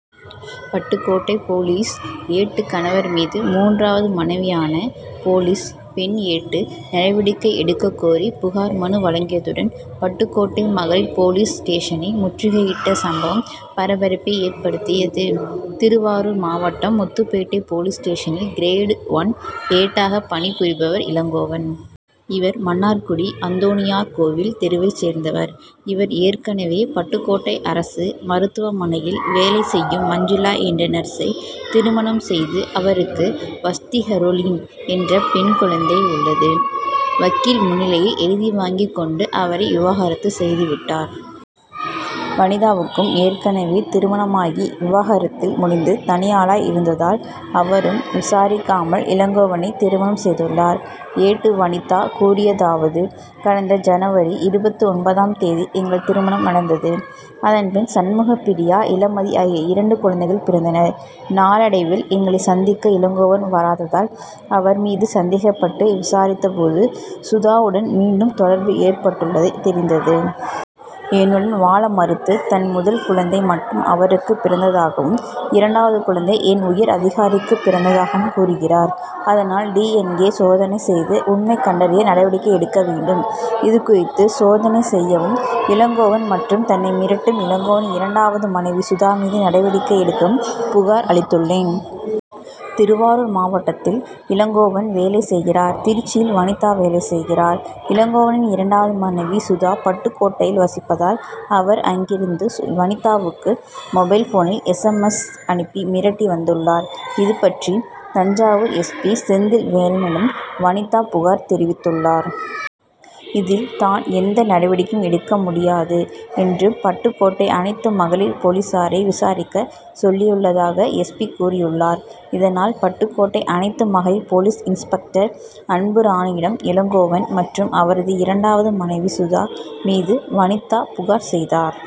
Pattukkottai police ஏட்டு கணவர் மீது, மூன்றாவது மனைவியான போலீஸ் பெண் ஏட்டு நடவடிக்கை எடுக்கக்கோரி புகார் மனு வழங்கியதுடன், பட்டுக்கோட்டை மகளிர் போலீஸ் ஸ்டேஷனை முற்றுகையிட்ட சம்பவம் பரபரப்பை ஏற்படுத்தியது. திருவாரூர் மாவட்டம் முத்துப்பேட்டை போலீஸ் ஸ்டேஷனில் கிரேடு ஒன் ஏட்டாக பணி புரிபவர் இளங்கோவன். இவர் மன்னார்குடி அந்தோணியார் கோவில் தெருவைச் சேர்ந்தவர். இவர் ஏற்கனவே பட்டுக்கோட்டை அரசு மருத்துவமனையில் வேலை செய்யும் மஞ்சுளா என்ற நர்சை திருமணம் செய்து அவருக்கு வஸ்திகரோலின் என்ற பெண் குழந்தை உள்ளது. வக்கீல் முன்னிலையில் எழுதி வாங்கிக் கொண்டு அவரை விவாகரத்து செய்து விட்டார். வனிதாவுக்கும் ஏற்கனவே திருமணமாகி விவாகரத்தில் முடிந்து தனியாளாய் இருந்ததால் அவரும் விசாரிக்காமல் இளங்கோவனை திருமணம் செய்துள்ளார். ஏட்டு வனிதா கூறியதாவது: கடந்த ஜன., இருபத்து ஒன்பதாம் தேதி எங்கள் திருமணம் நடந்தது. அதன் பின் சண்முகப்பிரியா இளமதி ஆகிய இரண்டு குழந்தைகள் பிறந்தனர். நாளடைவில் எங்களை சந்திக்க இளங்கோவன் வராததால் அவர் மீது சந்தேகப்பட்டு விசாரித்த போது, சுதாவுடன் மீண்டும் தொடர்பு ஏற்பட்டுள்ளது தெரிந்தது. என்னுடன் வாழ மறுத்து, தன் முதல் குழந்தை மட்டும் அவருக்கு பிறந்ததாகவும், இரண்டாவது குழந்தை என் உயர் அதிகாரிக்கு பிறந்ததாகவும் கூறுகிறார். அதனால், டி. என். ஏ., சோதனை செய்து உண்மை கண்டறிய நடவடிக்கை எடுக்க வேண்டும். இதுகுறித்து, சோதனை செய்யவும், இளங்கோவன் மற்றும் தன்னை மிரட்டும் இளங்கோவனின் இரண்டாவது மனைவி சுதா மீது நடவடிக்கை எடுக்கவும் புகார் அளித்துள்ளேன். திருவாரூர் மாவட்டத்தில் இளங்கோவன் வேலை செய்கிறார். திருச்சியில் வனிதா வேலை செய்கிறார். இளங்கோவனின் இரண்டாவது மனைவி சுதா, பட்டுக்கோட்டையில் வசிப்பதால், அவர் அங்கிருந்து வனிதாவுக்கு மொபைல்போனில் எஸ். எம். எஸ்., அனுப்பி மிரட்டி வந்துள்ளார். இதுபற்றி தஞ்சாவூர் எஸ். பி., செந்தில்வேலனிடம் வனிதா புகார் தெரிவித்துள்ளார். இதில், தான் எந்த நடவடிக்கையும் எடுக்க முடியாது என்றும், பட்டுக்கோட்டை அனைத்து மகளிர் போலீசாரை விசாரிக்க சொல்லியுள்ளதாக, எஸ். பி., கூறியுள்ளார். இதனால், பட்டுக்கோட்டை அனைத்து மகளிர் போலீஸ் இன்ஸ்பெக்டர் அன்புராணியிடம் இளங்கோவன் மற்றும் அவரது இரண்டாவது மனைவி சுதா மீது வனிதா புகார் செய்தார்.